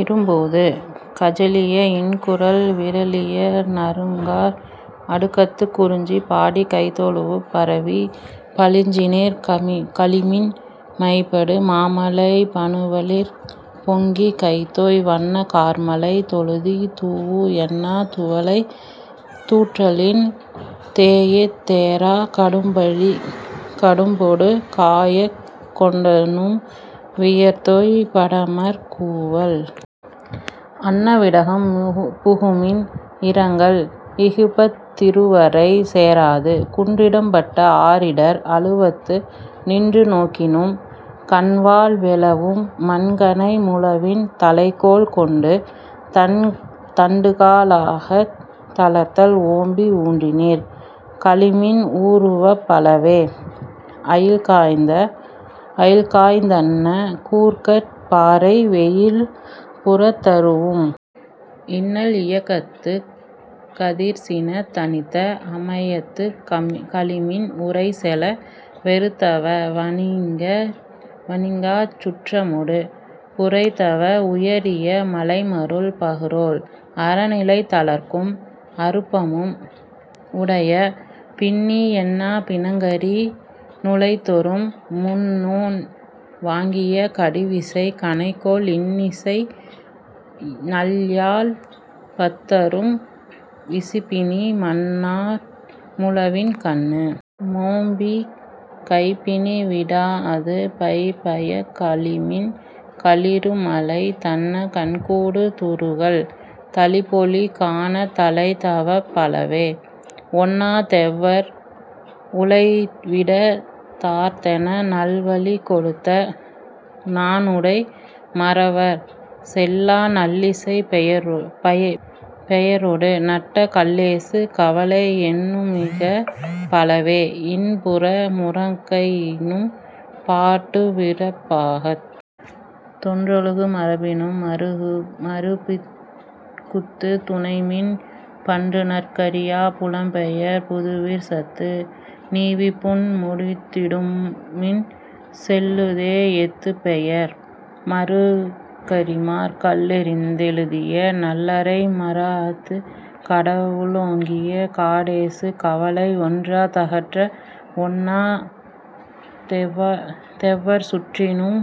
இறும்பூது கஞலிய இன்குரல் விறலியர் நறுங்கார் அடுக்கத்துக் குறிஞ்சி பாடிக் கைதொழூஉப் பரவிப் பழிச்சினிர் கழிமின் மைபடு மாமலை பனுவலிற் பொங்கிக் கைதோய் வன்ன கார்மழைத் தொழுதி தூஉ யன்ன துவலை தூற்றலின் தேஎந் தேறாக் கடும்பரிக் கடும்பொடு காஅய்க் கொண்டநும் இயந்தொய் படாமற் கூவல் அன்ன விடகம் புகுமின் இருங்கல் இகுப்பத் திறுவரை சேராது குன்றிடம் பட்ட ஆரிடர் அழுவத்து நின்று நோக்கினும் கண்வாள் வெளவும் மண்கனை முழவின் தலைக்கோல் கொண்டு தண்டுகா லாகத் தளர்தல் ஓம்பி ஊன்றினிர் கழிமின் ஊறுதவப் பலவே அயில்காய்ந் தன்ன கூர்ங்கற் பாறை வெயில்புறந் தரூஉம் இன்னல் இயக்கத்துக் கதிர்சினந் தணிந்த அமயத்துக் கழிமின் உரைசெல வெறுத்தவவ னீங்காச் சுற்றமொடு புரைதவ உயரிய மழைமருள் பஃறோல் அரசுநிலை தளர்க்கும் அருப்பமும் உடைய பின்னி யன்ன பிணங்கரி னுழைதொறும் முன்னோன் வாங்கிய கடுவிசைக் கணைக்கோல் இன்னிசை நல்யாழ்ப் பத்தரும் விசிபிணி மண்ணார் முழவின் கண்ணு மோம்பிக் கைபிணி விடாஅது பைபயக் கழிமின் களிறுமலைந் தன்ன கண்கூடு துறுகல் தளிபொழி கானந் தலைதவப் பலவே ஒன்னாத் தெவ்வர் உலைவிடத் தார்த்தென நல்வழிக் கொடுத்த நாணுடை மறவர் செல்லா நல்லிசைப் பெயரொடு நட்ட கல்லேசு கவலை எண்ணுமிகப் பலவே இன்புறு முரற்கைநும் பாட்டுவிருப் பாகத் தொன்றொழுகு மரபினும் மருப்பிகுத்துத் துனைமின் பண்டுநற் கறியாப் புலம்பெயர் புதுவிர் சந்து நீவிப் புன்முடிந் திடுமின் செல்லுந் தேஎத்துப் பெயர்மருங் கறிமார் கல்லெறிந் தெழுதிய நல்லரை மராஅத்து கடவு ளோங்கிய காடேசு கவலை ஒட்டா தகன்ற ஒன்னாத் தெவ்வர் சுட்டினும்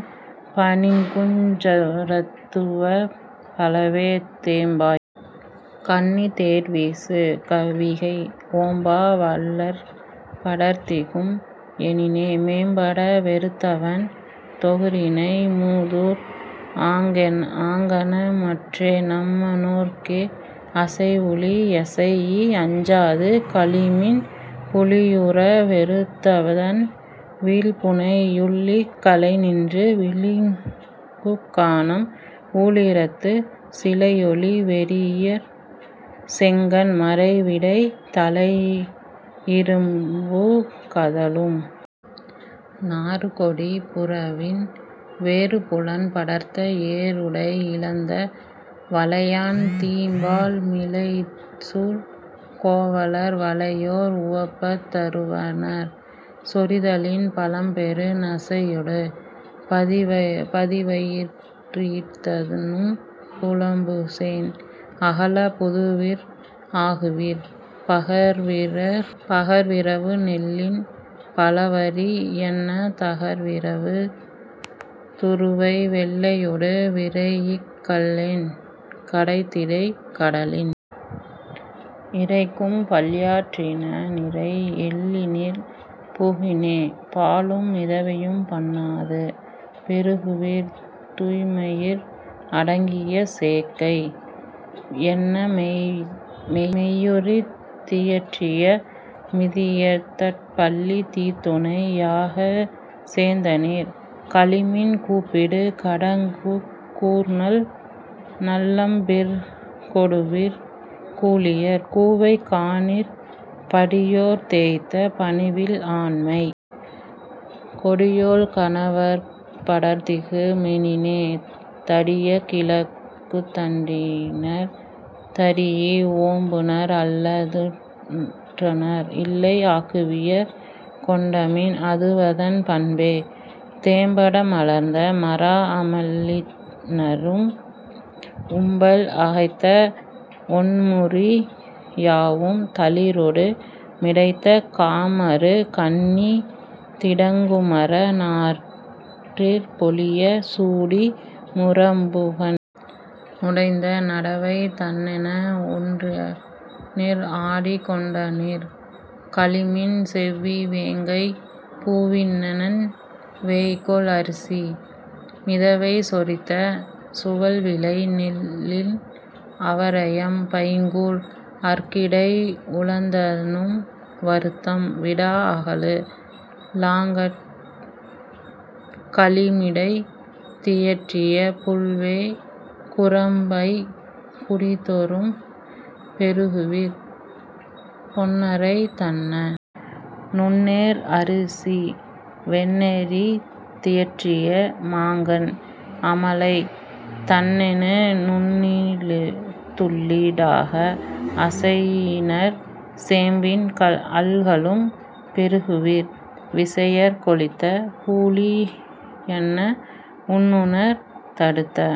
பனிக்குஞ் சுரந்தவப் பலவே தேம்பாய் கண்ணித் தேர்வீசு கவிகை ஓம்பா வள்ளற் படர்ந்திகும் எனினே மேம்பட வெறுத்தவன் தொஃறிணை மூதூர் ஆங்கன மற்றே நம்ம னோர்க்கே அசைவுழி யசைஇ அஞ்சாது கழிமின் புலியுற வெறுத்ததன் வீழ்பிணை யுள்ளிக் கலைநின்று விளிக்குங் கானம் ஊழிறந்து சிலையொலி வெரீஇய செங்கண் மரைவிடை தலையிரும்பு கதழும் நாறுகொடிப் புறவின் வேறுபுலம் படர்ந்த ஏறுடை இனத்த வளையான் தீம்பால் மிளைசூழ் கோவலர் வளையோர் உவப்பத் தருவனர் சொரிதலின் பலம்பெறு நசையொடு பதிவயிற் றீர்ந்தநும் புலம்புசேண் அகலப் புதுவிர் ஆகுவிர் பகர்விரவு நெல்லின் பலவரி யன்ன தகர்விரவு துருவை வெள்ளையொடு விரைஇக் கல்லென் கடத்திடைக் கடலின் இரைக்கும் பல்யாட் டினநிரை எல்லினிர் புகினே பாலும் மிதவையும் பண்ணாது பெறுகுவிர் துய்ம்மயிர் அடக்கிய சேக்கை யன்ன மெய்யுரித் தியற்றிய மிதியதட் பள்ளித் தீத்துணை யாகச் சேந்தனிர் கழிமின் கூப்பிடு கடக்குங் கூர்நல் லம்பிற் கொடுவிற் கூளியர் கூவை காணிற் படியோர்த் தேய்த்த பணிவில் ஆண்மைக் கொடியோள் கணவற் படர்ந்திகு மெனினே தடியுங் கிழங்குந் தண்டினர் தரீஇ ஓம்புநர் அல்ல துடற்றுநர் இல்லை ஆங்குவியங் கொண்மின் அதுவதன் பண்பே தேம்பட மலர்ந்த மராஅமெல் லிணரும் உம்பல் அகைத்த ஒண்முறி யாவும் தளிரொடு மிடைந்த காமரு கண்ணி திரங்குமர னாரிற் பொலியச் சூடி முரம்புகண் ணுடைந்த நடவை தண்ணென உண்டனிர் ஆடிக் கொண்டனிர் கழிமின் செவ்வீ வேங்கைப் பூவி னன்ன வேய்கொள் அரிசி மிதவை சொரிந்த சுவல்விளை நெல்லின் அவரையம் பைங்கூழ் அற்கிடை உழந்தநும் வருத்தம் வீட அகலு ளாங்கட் கழிமிடைந் தியற்றிய புல்வேய் குரம்பைக் குடிதொறும் பெறுகுவிர் பொன்னறைந் தன்ன நுண்ணேர் அரிசி வெண்ணெறிந் தியற்றிய மாக்கண் அமலை தண்ணெ ணுண்ணிழு துள்ளீ டாக அசையினிர் சேப்பின் அல்கலும் பெறுகுவிர் விசையங் கொழித்த பூழி யன்ன உண்ணுநர்த் தடுத்த